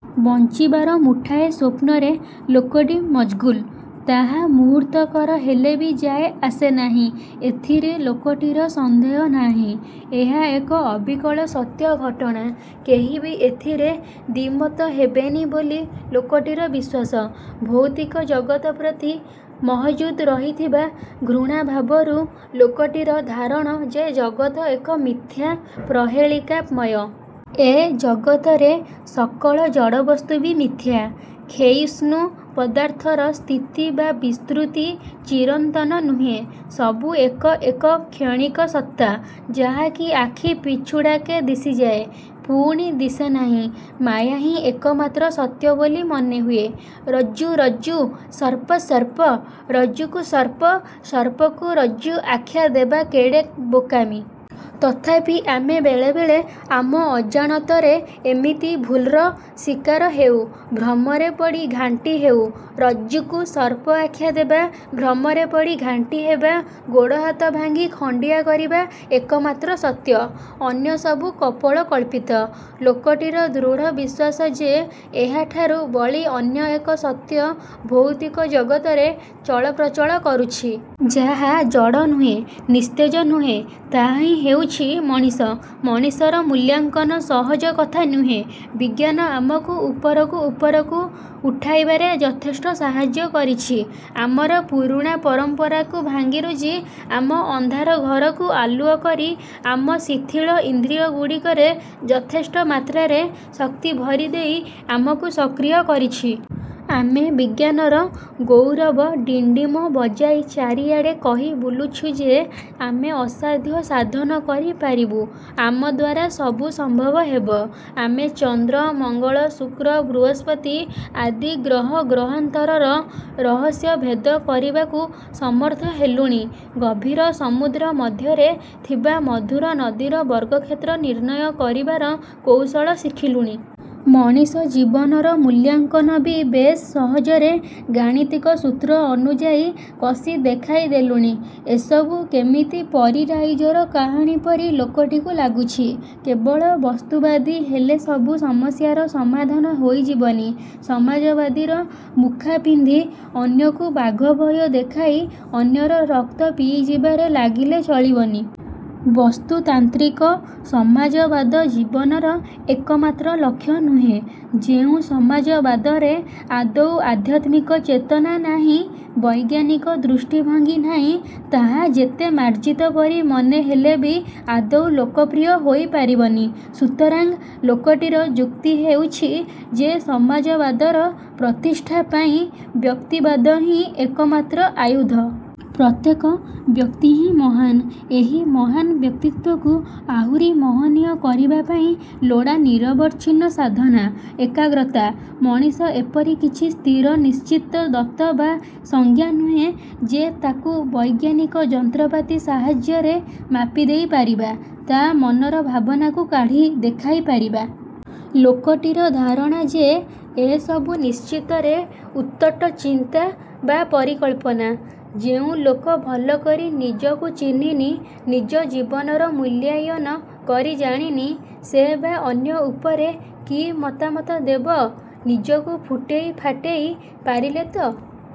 ବଞ୍ଚିବାର ମୁଠାଏ ସ୍ୱପ୍ନରେ ଲୋକଟି ମଜ୍ଗୁଲ୍। ତାହା ମୁହୂର୍ତ୍ତକର ହେଲେବି ଯାଏ ଆସେ ନାହିଁ। ଏଥିରେ ଲୋକଟିର ସନ୍ଦେହ ନାହିଁ। ଏହା ଏକ ଅବିକଳ ସତ୍ୟ ଘଟଣା। କେହି ବି ଏଥିରେ ଦ୍ୱିମତ ହେବେନି ବୋଲି ଲୋକଟିର ବିଶ୍ୱାସ। ଭୌତିକ ଜଗତ ପ୍ରତି ମହଜୁଦ୍ ରହିଥିବା ଘୃଣାଭାବରୁ ଲୋକଟିର ଧାରଣ ଯେ ଜଗତ ଏକ ମିଥ୍ୟା, ପ୍ରହେଳିକା ମୟ। ଏ ଜଗତରେ ସକଳ ଜଡ଼ବସ୍ତୁ ବି ମିଥ୍ୟା। କ୍ଷୟିଷ୍ଣୁ ପଦାର୍ଥର ସ୍ଥିତି ବା ବିସ୍ତୃତି ଚିରନ୍ତନ ନୁହେଁ। ସବୁ ଏକ ଏକ କ୍ଷଣିକ ସତ୍ତା; ଯାହାକି ଆଖି ପିଛୁଡ଼ାକେ ଦିଶିଯାଏ। ପୁଣି ଦିଶେ ନାହିଁ। ମାୟାହିଁ ଏକମାତ୍ର ସତ୍ୟବୋଲି ମନେହୁଏ। ରଜ୍ଜୁ: ରଜ୍ଜୁ:। ସର୍ପ: ସର୍ପ: ରଜ୍ଜୁକୁ ସର୍ପ, ସର୍ପକୁ ରଜ୍ଜୁ ଆଖ୍ୟା ଦେବା କେଡ଼େ ବୋକାମି-। ତଥାପି ଆମେ ବେଳେବେଳେ ଆମ ଅଜାଣତରେ ଏମିତି ଭୁଲ୍ର ଶିକାର ହେଉ-। ଭ୍ରମରେ ପଡ଼ି ଘାଣ୍ଟି ହେଉ। ରଜ୍ଜୁକୁ ସର୍ପ ଆଖ୍ୟା ଦେବା, ଭ୍ରମରେ ପଡ଼ି ଘାଣ୍ଟିହେବା, ଗୋଡ଼ ହାତ ଭାଙ୍ଗି ଖଣ୍ଡିଆ କରିବା ଏକମାତ୍ର ସତ୍ୟ। ଅନ୍ୟ ସବୁ କପୋଳକଳ୍ପିତ। ଲୋକଟିର ଦୃଢ଼ ବିଶ୍ୱାସ ଯେ ଏହାଠାରୁ ବଳି ଅନ୍ୟ ଏକ ସତ୍ୟ ଭୌତିକ ଜଗତରେ ଚଳପ୍ରଚଳ କରୁଛି। ଯାହା ଜଡ଼ ନୁହେଁ, ନିସ୍ତେଜ ନୁହେଁ। ତାହାହିଁ ହେଉଛି ମଣିଷ। ମଣିଷର ମୂଲ୍ୟାଙ୍କନ ସହଜ କଥା ନୁହେଁ। ବିଜ୍ଞାନ ଆମକୁ ଉପରକୁ ଉପରକୁ ଉଠାଇବାରେ ଯଥେଷ୍ଟ ସାହାଯ୍ୟ କରିଛି। ଆମର ପୁରୁଣା ପରମ୍ପରାକୁ ଭାଙ୍ଗିରୁଜି, ଆମ ଅନ୍ଧାର ଘରକୁ ଆଲୁଅ କରି ଆମ ଶିଥିଳ ଇନ୍ଦ୍ରିୟଗୁଡ଼ିକରେ ଯଥେଷ୍ଟ ମାତ୍ରାରେ ଶକ୍ତି ଭରିଦେଇ ଆମକୁ ସକ୍ରିୟ କରିଛି। ଆମେ ବିଜ୍ଞାନର ଗୌରବ ଡିଣ୍ଡିମ ବଜାଇ ଚାରିଆଡ଼େ କହି ବୁଲୁଛୁ ଯେ, 'ଆମେ ଅସାଧ୍ୟ ସାଧନ କରି ପାରିବୁ। ଆମଦ୍ୱାରା ସବୁ ସମ୍ଭବ ହେବ। ' ଆମେ ଚନ୍ଦ୍ର, ମଙ୍ଗଳ, ଶୁକ୍ର, ବୃହସ୍ପତି ଆଦି ଗ୍ରହ ଗ୍ରହାନ୍ତରର ରହସ୍ୟ ଭେଦ କରିବାକୁ ସମର୍ଥ ହେଲୁଣି। ଗଭୀର ସମୁଦ୍ର ମଧ୍ୟରେ ଥିବା ମଧୁର ନଦୀର ବର୍ଗକ୍ଷେତ୍ର ନିର୍ଣ୍ଣୟ କରିବାର କୌଶଳ ଶିଖିଲୁଣି। ମଣିଷ ଜୀବନର ମୂଲ୍ୟାଙ୍କନ ବି ବେଶ୍ ସହଜରେ ଗାଣିତିକ ସୂତ୍ର ଅନୁଯାୟୀ କଷି ଦେଖାଇ ଦେଲୁଣି। ଏସବୁ କେମିତି ପରୀ-ରାଇଜର କାହାଣୀ ପରି ଲୋକଟିକୁ ଲାଗୁଛି। କେବଳ ବସ୍ତୁବାଦୀ ହେଲେ ସବୁ ସମସ୍ୟାର ସମାଧାନ ହୋଇଯିବନି। ସମାଜବାଦୀର ମୁଖା ପିନ୍ଧି ଅନ୍ୟକୁ ବାଘଭୟ ଦେଖାଇ ଅନ୍ୟର ରକ୍ତ ପିଇଯିବାରେ ଲାଗିଲେ ଚଳିବନି। ବସ୍ତୁତାନ୍ତ୍ରିକ ସମାଜବାଦ ଜୀବନର ଏକମାତ୍ର ଲକ୍ଷ୍ୟ ନୁହେଁ। ଯେଉଁ ସମାଜବାଦରେ ଆଦୌ ଆଧ୍ୟାତ୍ମିକ ଚେତନା ନାହିଁ, ବୈଜ୍ଞାନିକ ଦୃଷ୍ଟିଭଙ୍ଗୀ ନାହିଁ, ତାହା ଯେତେ ମାର୍ଜିତ ପରି ମନେ ହେଲେବି ଆଦୌ ଲୋକପ୍ରିୟ ହୋଇ ପାରିବନି। ସୁତରାଂ ଲୋକଟିର ଯୁକ୍ତି ହେଉଛି ଯେ ସମାଜବାଦର ପ୍ରତିଷ୍ଠା ପାଇଁ ବ୍ୟକ୍ତିବାଦହିଁ ଏକମାତ୍ର ଆୟୁଧ। ପ୍ରତ୍ୟେକ। ବ୍ୟକ୍ତିହିଁ ମହାନ୍। ଏହି ମହାନ୍ ବ୍ୟକ୍ତିତ୍ୱକୁ ଆହୁରି ମହନୀୟ କରିବା ପାଇଁ ଲୋଡ଼ା ନିରବଚ୍ଛିନ୍ନ ସାଧନା, ଏକାଗ୍ରତା। ମଣିଷ ଏପରି କିଛି ସ୍ଥିର ନିଶ୍ଚିତ ଦତ୍ତ ବା ସଂଜ୍ଞା ନୁହେଁ ଯେ ତାକୁ ବୈଜ୍ଞାନିକ ଯନ୍ତ୍ରପାତି ସାହାଯ୍ୟରେ ମାପି ଦେଇ ପାରିବା। ତା' ମନର ଭାବନାକୁ କାଢ଼ି ଦେଖାଇ ପାରିବା। ଲୋକଟିର ଧାରଣା ଯେ ଏ ସବୁ ନିଶ୍ଚିତରେ ଉଦ୍ଭଟ ଚିନ୍ତା ବା ପରିକଳ୍ପନା। ଯେଉଁ ଲୋକ ଭଲ କରି ନିଜକୁ ଚିହ୍ନିନି, ନିଜ ଜୀବନର ମୂଲ୍ୟାୟନ କରିଜାଣିନି, ସେ ବା' ଅନ୍ୟ ଉପରେ କି ମତାମତ ଦେବ? ନିଜକୁ ଫୁଟେଇ ଫାଟେଇ ପାରିଲେତ